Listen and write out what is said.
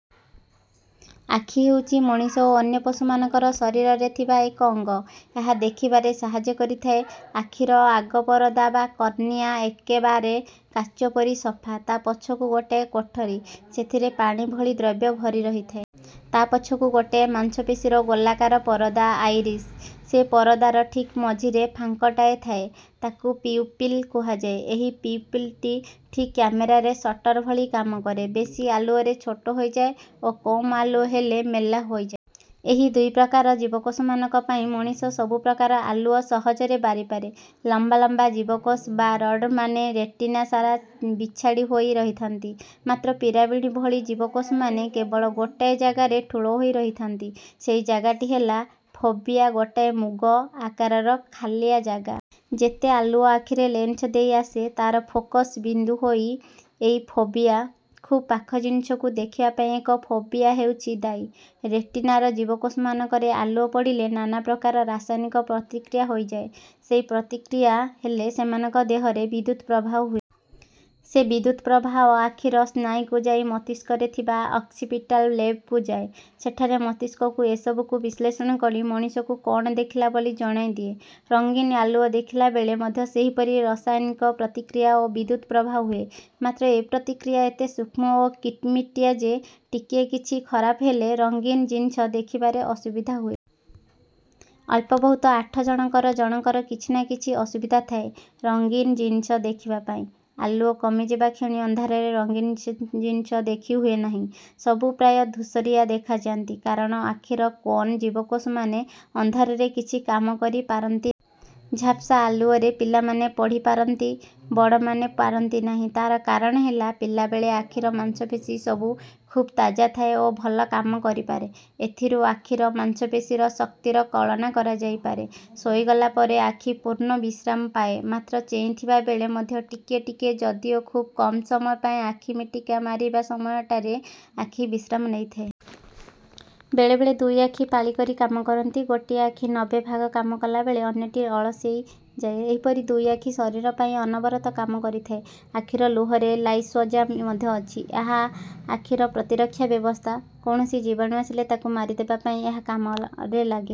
ଆଖି ହେଉଛି ମଣିଷ ଓ ଅନ୍ୟ ପଶୁପକ୍ଷୀମାନଙ୍କ ଶରୀରରେ ଥିବା ଏକ ଅଙ୍ଗ। ଏହା ଦେଖିବାରେ ସାହାଯ୍ୟ କରିଥାଏ। ଆଖିର ଆଗ ପରଦା ବା କର୍ନିଆ ଏକେବାରେ କାଚ ପରି ସଫା। ତା' ପଛକୁ ଗୋଟାଏ କୋଠରୀ। ସେଥିରେ ପାଣି ଭଳି ଦ୍ରବ୍ୟ ଭରି ରହିଥାଏ। ତା' ପଛକୁ ଗୋଟାଏ ମାଂସପେଶୀର ଗୋଲାକାର ପରଦା ଆଇରିସ୍। ସେ ପରଦାର ଠିକ୍ ମଝିରେ ଫାଙ୍କଟାଏ ଥାଏ। ତାକୁ ପିଉପିଲ୍ କୁହାଯାଏ। ଏହି ପିଉପିଲ୍‌ଟି ଠିକ୍ କ୍ୟାମେରାର ସଟର୍ ଭଳି କାମ କରେ। ବେଶି ଆଲୁଅରେ ଛୋଟ ହୋଇଯାଏ ଓ କମ୍ ଆଲୁଅ ହେଲେ ମେଲା ହୋଇଯାଏ। ଏଇ ଦୁଇ ପ୍ରକାର ଜୀବକୋଷମାନଙ୍କ ପାଇଁ ମଣିଷ ସବୁ ପ୍ରକାରର ଆଲୁଅ ସହଜରେ ବାରିପାରେ। ଲମ୍ବା ଲମ୍ବା ଜୀବକୋଷ ବା ରଡ୍‌ମାନେ ରେଟିନା ସାରା ବିଛାଡ଼ିହୋଇ ରହିଥାନ୍ତି। ମାତ୍ର ପିରାମିଡ୍ ଭଳି ଜୀବକୋଷମାନେ କେବଳ ଗୋଟାଏ ଜାଗାରେ ଠୁଳ ହୋଇ ରହିଥାନ୍ତି। ସେଇ ଜାଗାଟି ହେଲା ଫୋଭିଆ ଗୋଟାଏ ମୁଗ ଆକାରର ଖାଲିଆ ଜାଗା। ଯେତେ ଆଲୁଅ ଆଖିର ଲେନ୍ସ ଦେଇ ଆସେ, ତା'ର ଫୋକସ୍ ବିନ୍ଦୁ ହେଲା ଏଇ ଫୋଭିଆ। ଖୁବ୍ ପାଖ ଜିନିଷକୁ ଦେଖିବା ପାଇଁ ଏଇ ଫୋଭିଆ ହେଉଛି ଦାୟୀ। ରେଟିନାର ଜୀବକୋଷମାନଙ୍କରେ ଆଲୁଅ ପଡ଼ିଲେ ନାନା ପ୍ରକାର ରାସାୟନିକ ପ୍ରତିକ୍ରିୟା ହୋଇଯାଏ। ସେଇ ପ୍ରତିକ୍ରିୟା ହେଲେ ସେମାନଙ୍କ ଦେହରେ ବିଦ୍ୟୁତ୍ ପ୍ରବାହ ହୁଏ। ସେ ବିଦ୍ୟୁତ୍ ପ୍ରବାହ ଆଖିର ସ୍ନାୟୁକୁ ଯାଇ ମସ୍ତିଷ୍କରେ ଥିବା ଅକ୍ସିପିଟାଲ୍ ଲେବ୍‌କୁ ଯାଏ। ସେଠାରେ ମସ୍ତିଷ୍କକୁ ଏସବୁକୁ ବିଶ୍ଳେଷଣ କରି ମଣିଷକୁ କ'ଣ ଦେଖିଲା ବୋଲି ଜଣାଇଦିଏ। ରଙ୍ଗୀନ ଆଲୁଅ ଦେଖିଲା ବେଳେ ମଧ୍ୟ ସେହିପରି ରସାୟନିକ ପ୍ରତିକ୍ରିୟା ଓ ବିଦ୍ୟୁତ୍ ପ୍ରବାହ ହୁଏ। ମାତ୍ର ଏ ପ୍ରତିକ୍ରିୟା ଏତେ ସୂକ୍ଷ୍ମ ଓ କିଟିମିଟିଆ ଯେ, ଟିକିଏ କିଛି ଖରାପ ହେଲେ ରଙ୍ଗୀନ ଜିନିଷ ଦେଖିବାରେ ଅସୁବିଧା ହୁଏ। ଅଳ୍ପ ବହୁତ ଆଠ ଜଣଙ୍କର ଜଣଙ୍କର କିଛି ନା କିଛି ଅସୁବିଧା ଥାଏ ରଙ୍ଗୀନ ଜିନିଷ ଦେଖିବା ପାଇଁ। ଆଲୁଅ କମିଯିବା କ୍ଷଣି ଅନ୍ଧାରରେ ରଙ୍ଗୀନ ଜିନିଷ ଦେଖିହୁଏ ନାହିଁ। ସବୁ ପ୍ରାୟ ଧୂସରିଆ ଦେଖାଯାଆନ୍ତି; କାରଣ ଆଖିର କୋନ୍ ଜୀବକୋଷମାନେ ଅନ୍ଧାରରେ କିଛି କାମ କରିପାରନ୍ତି। ଝାପ୍ସା ଆଲୁଅରେ ପିଲାମାନେ ପଢ଼ିପାରନ୍ତି, ବଡ଼ମାନେ ପାରନ୍ତି ନାହିଁ। ତା'ର କାରଣ ହେଲା, ପିଲାବେଳେ ଆଖିର ମାଂସପେଶୀ ସବୁ ଖୁବ୍ ତାଜା ଥାଏ ଓ ଭଲ କାମ କରିପାରେ। ଏଥିରୁ ଆଖିର ମାଂସପେଶୀର ଶକ୍ତିର କଳନା କରାଯାଇପାରେ। ଶୋଇଗଲା ପରେ ଆଖି ପୂର୍ଣ୍ଣ ବିଶ୍ରାମ ପାଏ। ମାତ୍ର ଚେଇଁଥିଲା ବେଳେ ମଧ୍ୟ ଟିକିଏ ଟିକିଏ ଯଦିଓ ଖୁବ୍ କମ୍ ସମୟ ପାଇଁ ଆଖି ମିଟିକା ମାରିବା ସମୟଟାରେ ଆଖି ବିଶ୍ରାମ ନେଇଥାଏ। ବେଳେବେଳେ ଦୁଇ ଆଖି ପାଳି କରି କାମ କରନ୍ତି। ଗୋଟିଏ ଆଖି ନବେ ଭାଗ କାମ କଲା ବେଳେ ଅନ୍ୟଟି ଅଳସେଇ ଯାଏ। ଏହିପରି ଦୁଇ ଆଖି ଶରୀର ପାଇଁ ଅନବରତ କାମ କରିଥାଏ। ଆଖିର ଲୁହରେ ଲାଇସୋଜାଇମ୍ ମଧ୍ୟ ଅଛି, ଏହା ଆଖିର ପ୍ରତିରକ୍ଷା ବ୍ୟବସ୍ଥା। କୌଣସି ଜୀବାଣୁ ଆସିଲେ ତାକୁ ମାରିଦେବା ପାଇଁ ଏହା କାମରେ ଲାଗେ।